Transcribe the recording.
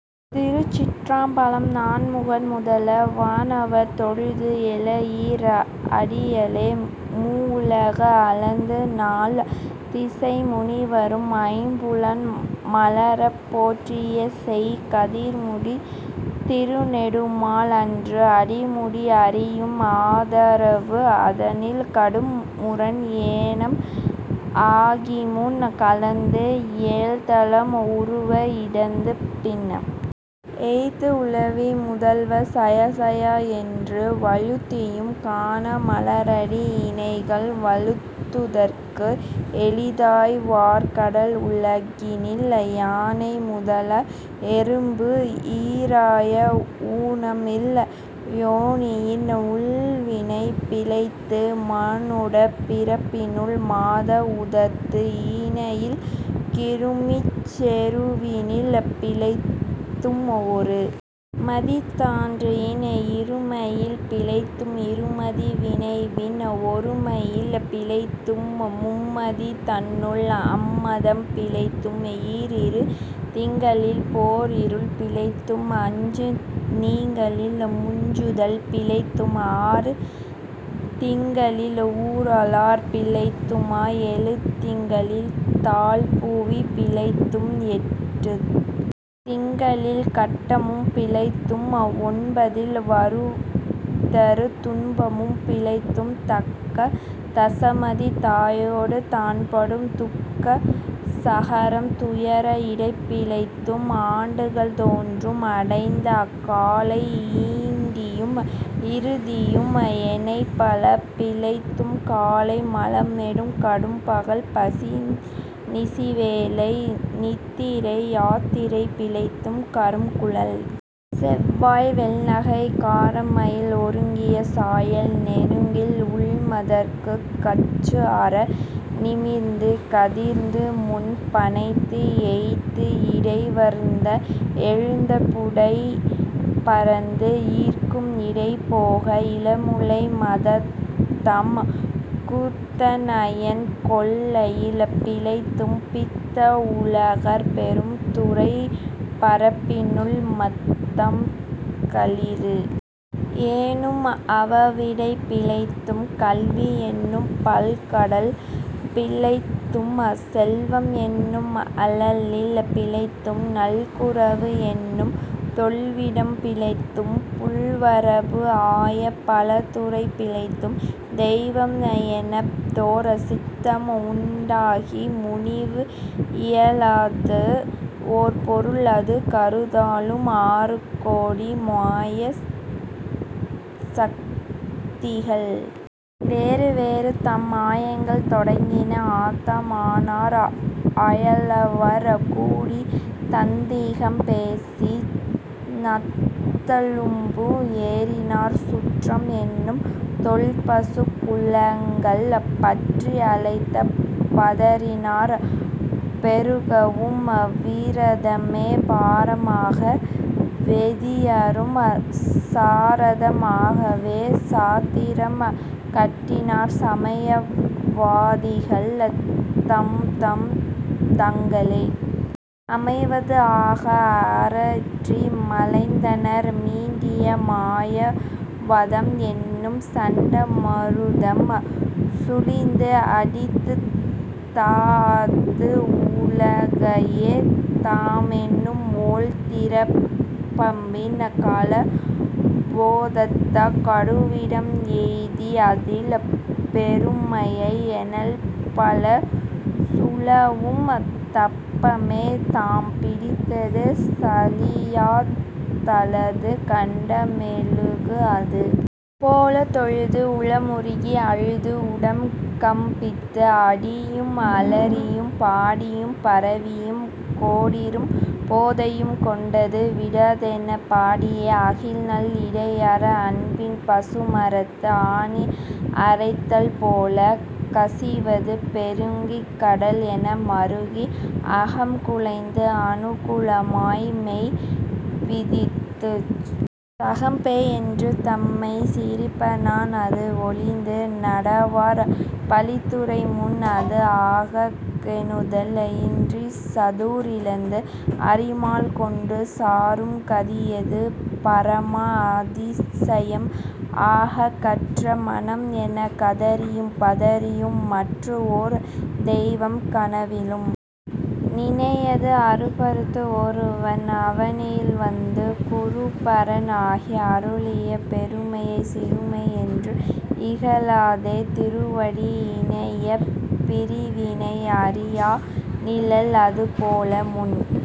திருச்சிற்றம்பலம் நான்முகன் முதலா வானவர் தொழுது எழ ஈர் அடியாலே மூவுலகு அளந்து நால் திசை முனிவரும் ஐம்புலன் மலரப் போற்றி செய் கதிர்முடித் திருநெடுமால் அன்று அடிமுடி அறியும் ஆதரவு அதனில் கடும் முரண் ஏனம் ஆகிமுன் கலந்து ஏழ்தலம் உருவ இடந்து பின் எய்த்து ஊழி முதல்வ சயசய என்று வழுத்தியும் காணா மலர்அடி இணைகள் வழுத்துதற்கு எளிதாய் வார் கடல் உலகினில் யானை முதலா எறும்பு ஈறாய ஊனம் இல் யோனியின் உள்வினை பிழைத்தும் மானுடப் பிறப்பினுள் மாதா உதரத்து ஈனம் இல் கிருமிச் செருவினில் பிழைத்தும் ஒரு மதித் தான்றியின் இருமையில் பிழைத்தும் இருமதி விளைவின் ஒருமையில் பிழைத்தும் மும்மதி தன்னுள் அம்மதம் பிழைத்தும் ஈர் இரு திங்களில் பேர் இருள் பிழைத்தும் அஞ்சு திங்களில் முஞ்சுதல் பிழைத்தும் ஆறு திங்களில் ஊறு அலர் பிழைத்தும ஏழு திங்களில் தாழ் புவி பிழைத்தும் எட்டுத் திங்களில் கட்டமும் பிழைத்தும் ஒன்பதில் வருதரு துன்பமும் பிழைத்தும் தக்க தசமதி தாயொடு தான்படும் துக்க சாகரம் துயர் இடைப்பிழைத்தும் ஆண்டுகள் தோறும் அடைந்த அக்காலை ஈண்டியும் இருத்தியும் எனைப்பல பிழைத்தும் காலை மலமொடு கடும்பகல் பசி நிசி வேலை நித்திரை யாத்திரை பிழைத்தும் கரும்குழல் செவ்வாய் வெள்நகைக் கார்மயில் ஒருங்கிய சாயல் நெருங்கி உள் மதர்த்துக் கச்சு அற நிமிர்ந்து கதிர்ந்து முன் பணைத்து எய்த்து இடைவருந்த எழுந்து புடைபரந்து ஈர்க்கு இடைபோகா இளமுலை மாதர்தம் கூர்த்த நயனக் கொள்ளையில் பிழைத்தும் பித்த உலகர் பெரும் துறைப் பரப்பினுள் மத்தம் களிறு எனும் அவாவிடைப் பிழைத்தும் கல்வி என்னும் பல்கடல் பிழைத்தும் செல்வம் என்னும் அல்லலில் பிழைத்தும் நல்குரவு என்னும் தொல்விடம் பிழைத்தும் புல்வரம்பு ஆய பலதுறை பிழைத்தும் தெய்வம் என்பதோர் சித்தம் உண்டாகி முனிவு இலாதது ஓர் பொருள் அது கருதலும் ஆறு கோடி மாயா சக்திகள் வேறு வேறு தம் மாயைகள் தொடங்கின ஆத்தம் ஆனார் அயலவர் கூடி நாத்திகம் பேசி நாத்தழும்பு ஏறினர் சுற்றம் என்னும் தொல்பசுக் குழாங்கள் பற்றி அழைத்துப் பதறினர் பெருகவும் விரதமே பரம் ஆக வேதியரும் சரதம் ஆகவே சாத்திரம் காட்டினர் சமய வாதிகள் தம்தம் தங்களே அமைவது ஆக அரற்றி மலைந்தனர் மிண்டிய மாயா வாதம் என்னும் சண்ட மாருதம் சுழிந்து அடித்துத் தாஅர்த்து உலோகாய தமெனும் ஒள் திறப்பாம்பின் கலா பேதத்த கடுவிடம் எய்தி அதில் பெருமாயை எனைப்பல சூழவும் தப்பாமே தாம் பிடித்தது சலியாத் தழலது கண்ட மெழுகு அது போலத் தொழுது உளம் உருகி அழுது உடல்கம்பித்து ஆடியும் அலறியும் பாடியும் பரவியும் கொடிறும் பேதையும் கொண்டது விடாதென படியே ஆகி நல் இடைஅறா அன்பின் பசுமரத்து ஆணி அறைந்தால் போலக் கசிவது பெருகிக் கடல் என மறுகி அகம் குழைந்து அனுகுலமாய் மெய் விதிர்த்துச் சகம் பேய் என்று தம்மைச் சிரிப்ப நாண் அது ஒழிந்து நாடவர் பழித்துரை பூண் அது ஆகக் கோணுதல் இன்றிச் சதுர் இழந்து அறிமால் கொண்டு சாரும் கதியது பரமா அதிசயம் ஆகக் கற்றா மனம் எனக் கதறியும் பதறியும் மற்று ஓர் தெய்வம் கனவிலும் நினையாது அருபரத்து ஒருவன் அவனியில் வந்து குருபரன் ஆகி அருளிய பெருமையைச் சிறுமை என்று இகழாதே திருவடி இணையைப் பிறிவினை அறியா நிழல் அது போல முன்